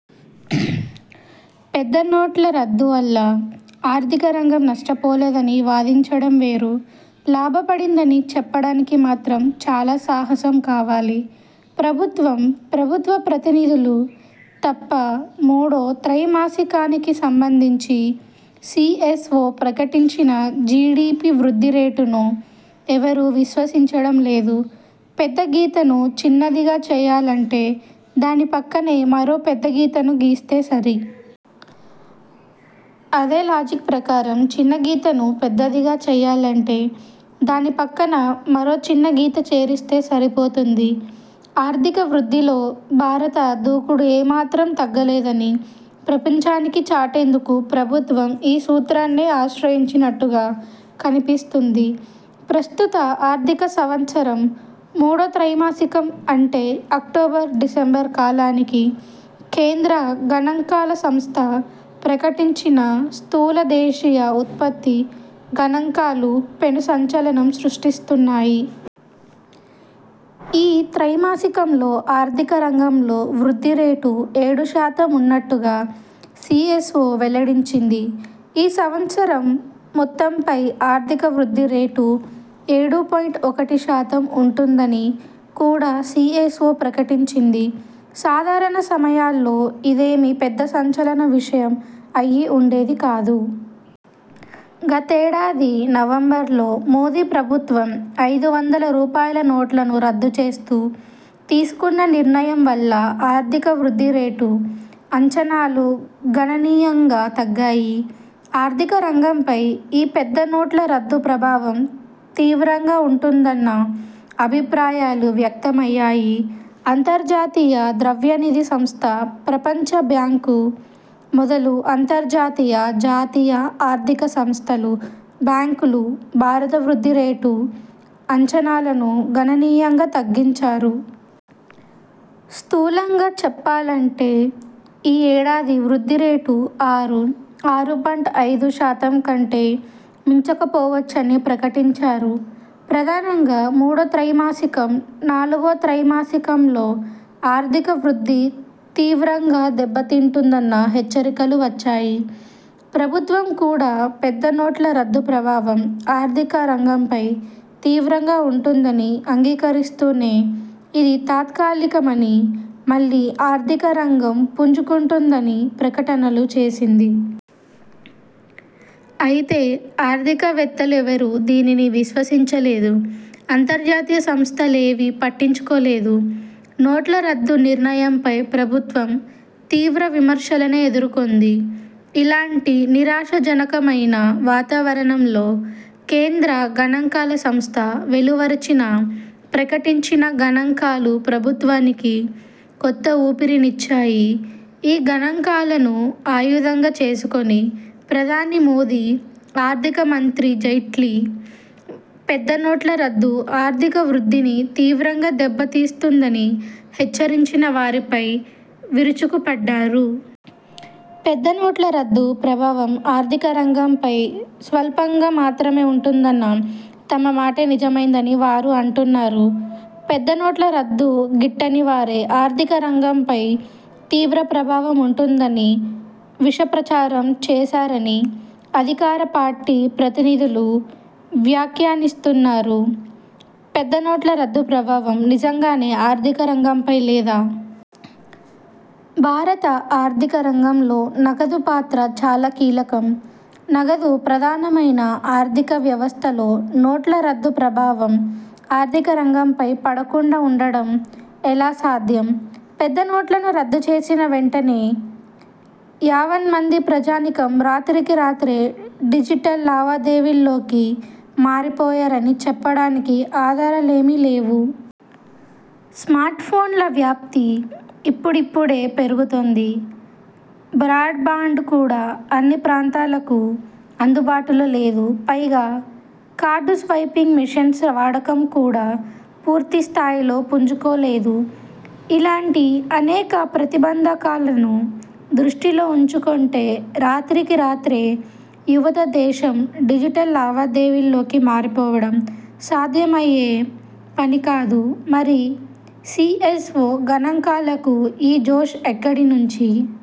పెద్ద నోట్ల రద్దు వల్ల ఆర్థిక రంగం నష్ట పోలేదని వాదించడం వేరు, లాభ పడిందని చెప్పడానికి మాత్రం చాలా సాహసం కావాలి. ప్రభుత్వం, ప్రభుత్వ ప్రతినిధులు తప్ప మూడో త్రైమాసికానికి సంబంధించి సిఎస్ఒ ప్రకటించిన జిడిపి వృద్ధి రేటును ఎవరూ విశ్వసించడం లేదు. పెద్ద గీతను చిన్నదిగా చేయాలంటే దాని పక్కనే మరో పెద్ద గీతను గీస్తే సరి. ఇదే లాజిక్ ప్రకారం చిన్న గీతను పెద్దదిగా చేయాలంటే దాని పక్కన మరో చిన్న గీత చేరిస్తే సరిపోతుంది. ఆర్థిక వృద్ధిలో భారత దూకుడు ఏమాత్రం తగ్గ లేదని ప్రపంచానికి చాటేందుకు ప్రభుత్వం ఈ సూత్రాన్నే ఆశ్రయించినట్టుగా కనిపిస్తోంది. ప్రస్తుత ఆర్థిక సంవత్సరం మూడో త్రైమాసికంఅంటే అక్టోబర్ డిసెంబర్ కాలానికి కేంద్ర గణాంకాల సంస్థ ప్రకటించిన స్థూల దేశీయ ఉత్పత్తి గణాంకాలు పెను సంచలనం సృష్టిస్తున్నాయి. ఈ త్రైమాసికంలో ఆర్థిక రంగంలో వృద్ధి రేటు ఏడు శాతం ఉన్నట్టుగా సిఎస్ఒ వెల్లడించింది. ఈ సంవత్సరం మొత్తంపై ఆర్థిక వృద్ధి రేటు ఏడు పాయింట్ ఒకటి శాతం ఉంటుందని కూడా సిఎస్ఒ ప్రకటించింది. సాధారణ సమయాల్లో ఇదేమీ పెద్ద సంచలన విషయం అయి ఉండేది కాదు. గతేడాది నవంబర్లో మోదీ ప్రభుత్వం, ఐదు వందల రూపాయల నోట్లను రద్దు చేస్తూ తీసుకున్న నిర్ణయం వల్ల ఆర్థికవృద్ధి రేటు అంచనాలు గణనీయంగా తగ్గాయి. అర్థిక రంగంపై ఈ పెద్ద నోట్ల రద్దు ప్రభావం తీవ్రంగా ఉంటుందన్న అభిప్రాయాలు వ్యక్తమయ్యాయి. అంతర్జాతీయ ద్రవ్యనిధి సంస్థ, ప్రపంచబ్యాంకు మొదలు అంతర్జాతీయ, జాతీయ ఆర్థిక సంస్థలు బ్యాంకులు భారత వృద్ధి రేటు అంచనాలను గణనీయంగా తగ్గించారు. స్థూలంగా చెప్పాలంటే ఈ ఏడాది వృద్ధి రేటు ఆరు, ఆరు పాయింట్ ఐదు శాతం కంటే మించక పోవచ్చని ప్రకటించారు. ప్రధానంగా మూడో త్రైమాసికం, నాలుగో త్రైమాసికంలో ఆర్థిక వృద్ధి తీవ్రంగా దెబ్బతింటుందన్న హెచ్చరికలు వచ్చాయి. ప్రభుత్వం కూడా పెద్ద నోట్ల రద్దు ప్రభావం ఆర్థిక రంగంపై తీవ్రంగా ఉంటుందని అంగీకరిస్తూనే ఇది తాత్కాలిక మనీ, మళ్లీ ఆర్థిక రంగం పుంజుకుంటుందని ప్రకటనలు చేసింది. అయితే ఆర్థిక వేత్తలు ఎవరూ దీనిని విశ్వసించలేదు. అంతర్జాతీయ సంస్థ లేవీ పట్టించుకోలేదు. నోట్ల రద్దు నిర్ణయంపై ప్రభుత్వం తీవ్ర విమర్శలనే ఎదుర్కొంది. ఇలాంటి నిరాశజనకమైన వాతావరణంలో, కేంద్ర గణాంకాల సంస్థ వెలువరించిన ప్రకటించిన గణాంకాలు ప్రభుత్వానికి కొత్త ఊపిరినిచ్చాయి. ఈ గణాంకాలను ఆయుధంగా చేసుకొని ప్రధాని మోదీ, ఆర్థిక మంత్రి జైట్లీ, పెద్ద నోట్ల రద్దు ఆర్థిక వృద్ధిని తీవ్రంగా దెబ్బ తీస్తుందని హెచ్చరించిన వారిపై విరుచుకపడ్డారు. పెద్ద నోట్ల రద్దు ప్రభావం ఆర్థిక రంగం పై స్వల్పంగా మాత్రమే ఉంటుందన్న తమ మాటే నిజమైందని వారు అంటున్నారు. పెద్ద నోట్ల రద్దు గిట్టని వారే, ఆర్థిక రంగం పై తీవ్ర ప్రభావం ఉంటుందని విష ప్రచారం చేశారని అధికార పార్టీ ప్రతినిధులు వ్యాఖ్యానిస్తున్నారు. పెద్ద నోట్ల రద్దు ప్రభావం నిజంగానే ఆర్థిక రంగంపై లేదా? భారత ఆర్థిక రంగంలో నగదు పాత్ర చాలా కీలకం. నగదు ప్రధానమైన ఆర్థిక వ్యవస్థలో నోట్ల రద్దు ప్రభావం ఆర్థిక రంగంపై పడకుండా ఉండటం ఎలా సాధ్యం? పెద్ద నోట్లను రద్దు చేసిన వెంటనే యావన్మంది ప్రజానీకం రాత్రికి రాత్రే డిజిటల్ లావాదేవీల్లోకి మారిపోయారని చెప్పడానికి ఆధారలేమీ లేవు. స్మార్ట్ ఫోన్ల వ్యాప్తి ఇప్పుడిప్పుడే పెరుగుతోంది. బ్రాడ్ బాండ్ కూడా అన్ని ప్రాంతాలకు అందుబాటులో లేదు. పైగా కార్డు స్వైపింగ్ మెషిన్స్ వాడకం కూడా పూర్తిస్థాయిలో పుంజుకోలేదు. ఇలాంటి అనేక ప్రతిబంధకాలను దృష్టిలో ఉంచుకొంటే రాత్రికి రాత్రే యావత దేశం డిజిటల్ లావాదేవీల్లోకి మారిపోవడం సాధ్యమయ్యే పనికాదు. మరి సిఎస్ఒ గణాంకాలకు ఈ జోష్ ఎక్కడి నుంచి